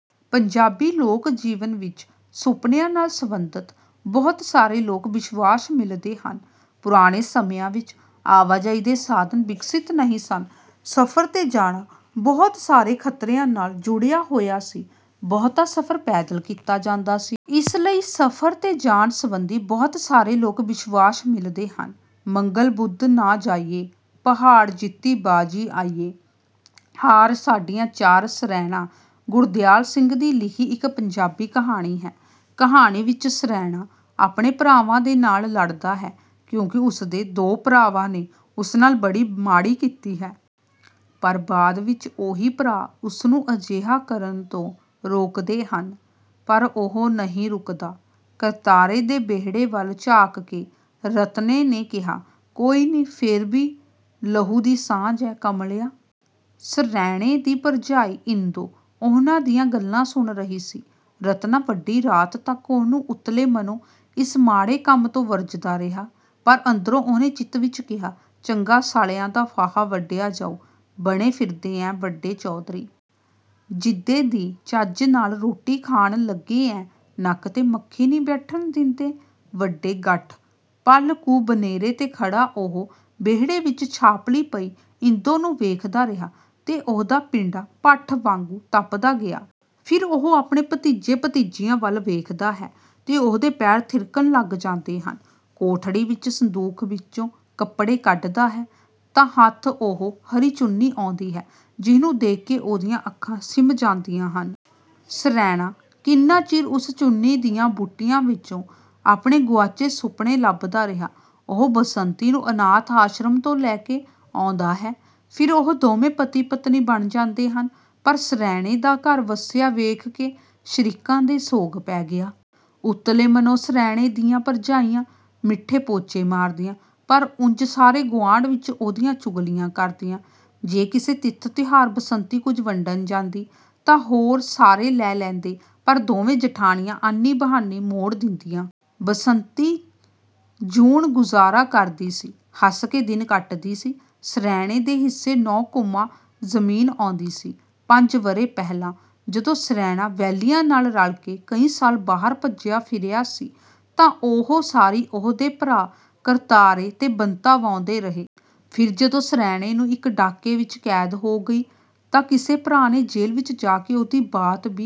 ਪੰਜਾਬੀ ਲੋਕ ਜੀਵਨ ਵਿੱਚ ਸੁਪਨਿਆਂ ਨਾਲ ਸੰਬੰਧਿਤ ਬਹੁਤ ਸਾਰੇ ਲੋਕ ਵਿਸ਼ਵਾਸ ਮਿਲਦੇ ਹਨ। ਪੁਰਾਣੇ ਸਮਿਆਂ ਵਿੱਚ ਆਵਾਜਾਈ ਦੇ ਸਾਧਨ ਵਿਕਸਿਤ ਨਹੀਂ ਸਨ। ਸਫ਼ਰ ਤੇ ਜਾਣਾ ਬਹੁਤ ਸਾਰੇ ਖਤਰਿਆਂ ਨਾਲ ਜੁੜਿਆ ਹੋਇਆ ਸੀ। ਬਹੁਤਾ ਸਫ਼ਰ ਪੈਦਲ ਕੀਤਾ ਜਾਂਦਾ ਸੀ। ਇਸ ਲਈ ਸਫ਼ਰ ਤੇ ਜਾਣ ਸਬੰਧੀ ਬਹੁਤ ਸਾਰੇ ਲੋਕ ਵਿਸ਼ਵਾਸ ਮਿਲਦੇ ਹਨ। ਮੰਗਲ ਬੁੱਧ ਨਾ ਜਾਈਏ, ਪਹਾੜ ਜਿੱਤੀ ਬਾਜ਼ੀ ਆਈਏ, ਹਾਰ ਸਾਡੀਆਂ ਚਾਰ 'ਸਰੈਣਾ' ਗੁਰਦਿਆਲ ਸਿੰਘ ਦੀ ਲਿਖੀ ਇੱਕ ਪੰਜਾਬੀ ਕਹਾਣੀ ਹੈ। ਕਹਾਣੀ ਵਿੱਚ ਸਰੈਣਾ ਆਪਣੇ ਭਰਾਵਾਂ ਦੇ ਨਾਲ ਲੜਦਾ ਹੈ ਕਿਉਂਕਿ ਉਸਦੇ ਦੋ ਭਰਾਵਾਂ ਨੇ ਉਸ ਨਾਲ ਬੜੀ ਮਾੜੀ ਕੀਤੀ ਹੈ। ਪਰ ਬਾਅਦ ਵਿੱਚ ਉਹੀ ਭਰਾ ਉਸਨੂੰ ਅਜਿਹਾ ਕਰਨ ਤੋਂ ਰੋਕਦੇ ਹਨ, ਪਰ ਉਹ ਨਹੀਂ ਰੁਕਦਾ। ਕਰਤਾਰੇ ਦੇ ਵਿਹੜੇ ਵੱਲ ਝਾਕ ਕੇ ਰਤਨੇ ਨੇ ਕਿਹਾ, 'ਕੋਈ ਨ੍ਹੀਂ ਫੇਰ ਵੀ ਲਹੂ ਦੀ ਸਾਂਝ ਐ ਕਮਲਿਆ।' ਸਰੈਣੇ ਦੀ ਭਰਜਾਈ ਇੰਦੋ ਉਹਨਾਂ ਦੀਆਂ ਗੱਲਾਂ ਸੁਣ ਰਹੀ ਸੀ। ਰਤਨਾ ਵੱਡੀ ਰਾਤ ਤੱਕ ਉਹਨੂੰ ਉੱਤਲੇ ਮਨੋਂ ਇਸ ਮਾੜੇ ਕੰਮ ਤੋਂ ਵਰਜਦਾ ਰਿਹਾ, ਪਰ ਅੰਦਰੋਂ ਉਹਨੇ ਚਿੱਤ ਵਿੱਚ ਕਿਹਾ, 'ਚੰਗਾ ਸਾਲਿਆਂ ਦਾ ਫਾਹਾ ਵੱਢਿਆ ਜਾਊ, ਬਣੇ ਫਿਰਦੇ ਐ ਵੱਡੇ ਚੌਧਰੀ! ਜਿੱਦੇ ਦੀ ਚੱਜ ਨਾਲ ਰੋਟੀ ਖਾਣ ਲੱਗੇ ਐ ਨੱਕ ਤੇ ਮੱਖੀ ਨ੍ਹੀਂ ਬੈਠਣ ਦਿੰਦੇ, ਵੱਡੇ ਗੱਠ।' ਪਲ-ਕੁ ਬਨੇਰੇ ਤੇ ਖੜ੍ਹਾ ਉਹ ਵਿਹੜੇ ਵਿੱਚ ਛਾਪਲੀ ਪਈ ਇੰਦੋ ਨੂੰ ਵੇਖਦਾ ਰਿਹਾ ਤੇ ਉਹਦਾ ਪਿੰਡਾ ਭੱਠ ਵਾਂਗੂੰ ਤਪਦਾ ਗਿਆ। ਫਿਰ ਉਹ ਆਪਣੇ ਭਤੀਜੇ-ਭਤੀਜੀਆਂ ਵੱਲ ਵੇਖਦਾ ਹੈ ਤੇ ਉਹਦੇ ਪੈਰ ਥਿਰਕਣ ਲੱਗ ਜਾਂਦੇ ਹਨ। ਕੋਠੜੀ ਵਿੱਚ ਸੰਦੂਕ ਵਿੱਚੋਂ ਕੱਪੜੇ ਕੱਢਦਾ ਹੈ ਤਾਂ ਹੱਥ ਉਹ ਹਰੀ ਚੁੰਨੀ ਆਉਂਦੀ ਹੈ ਜਿਹਨੂੰ ਦੇਖ ਕੇ ਉਹਦੀਆਂ ਅੱਖਾਂ ਸਿਮ ਜਾਂਦੀਆਂ ਹਨ। ਸਰੈਣਾ ਕਿੰਨਾ ਚਿਰ ਉਸ ਚੁੰਨੀ ਦੀਆਂ ਬੂਟੀਆਂ ਵਿੱਚੋਂ ਆਪਣੇ ਗੁਆਚੇ ਸੁਪਨੇ ਲੱਭਦਾ ਰਿਹਾ। ਉਹ ਬਸੰਤੀ ਨੂੰ ਅਨਾਥ ਆਸ਼ਰਮ ਤੋਂ ਲੈ ਕੇ ਆਉਂਦਾ ਹੈ। ਫਿਰ ਉਹ ਦੋਵੇਂ ਪਤੀ-ਪਤਨੀ ਬਣ ਜਾਂਦੇ ਹਨ। ਪਰ ਸਰੈਣੇ ਦਾ ਘਰ ਵੱਸਿਆ ਵੇਖ ਕੇ ਸ਼ਰੀਕਾਂ ਦੇ ਸੋਗ ਪੈ ਗਿਆ। ਉੱਤਲੇ ਮਨੋਂ ਸਰੈਣੇ ਦੀਆਂ ਭਰਜਾਈਆਂ ਮਿੱਠੇ ਪੋਚੇ ਮਾਰਦੀਆਂ, ਪਰ ਉਂਝ ਸਾਰੇ ਗੁਆਂਢ ਵਿੱਚ ਉਹਦੀਆਂ ਚੁਗਲੀਆਂ ਕਰਦੀਆਂ। ਜੇ ਕਿਸੇ ਤਿਥ-ਤਿਉਹਾਰ ਬਸੰਤੀ ਕੁਝ ਵੰਡਣ ਜਾਂਦੀ, ਤਾਂ ਹੋਰ ਸਾਰੇ ਲੈ ਲੈਂਦੇ, ਪਰ ਦੋਵੇਂ ਜਠਾਣੀਆਂ ਆਨੀ-ਬਹਾਨੀ ਮੋੜ ਦਿੰਦੀਆਂ। ਬਸੰਤੀ ਜੂਨ-ਗੁਜ਼ਾਰਾ ਕਰਦੀ ਸੀ, ਹੱਸ ਕੇ ਦਿਨ ਕੱਟਦੀ ਸੀ। ਸਰੈਣੇ ਦੇ ਹਿੱਸੇ ਨੌ ਘੁਮਾਂ ਜ਼ਮੀਨ ਆਉਂਦੀ ਸੀ। ਪੰਜ ਵਰ੍ਹੇ ਪਹਿਲਾਂ ਜਦੋਂ ਸਰੈਣਾ ਵੈਲੀਆਂ ਨਾਲ ਰਲ ਕੇ ਕਈ ਸਾਲ ਬਾਹਰ ਭੱਜਿਆ ਫਿਰਿਆ ਸੀ, ਤਾਂ ਉਹ ਸਾਰੀ ਉਹਦੇ ਭਰਾ ਕਰਤਾਰਾ ਤੇ ਬੰਤਾ ਵਾਹੁੰਦੇ ਰਹੇ। ਫਿਰ ਜਦੋਂ ਸਰੈਣੇ ਨੂੰ ਇੱਕ ਡਾਕੇ ਵਿੱਚ ਕੈਦ ਹੋ ਗਈ ਤਾਂ ਕਿਸੇ ਭਰਾ ਨੇ ਜੇਲ੍ਹ ਵਿੱਚ ਜਾ ਕੇ ਉਹਦੀ ਬਾਤ ਵੀ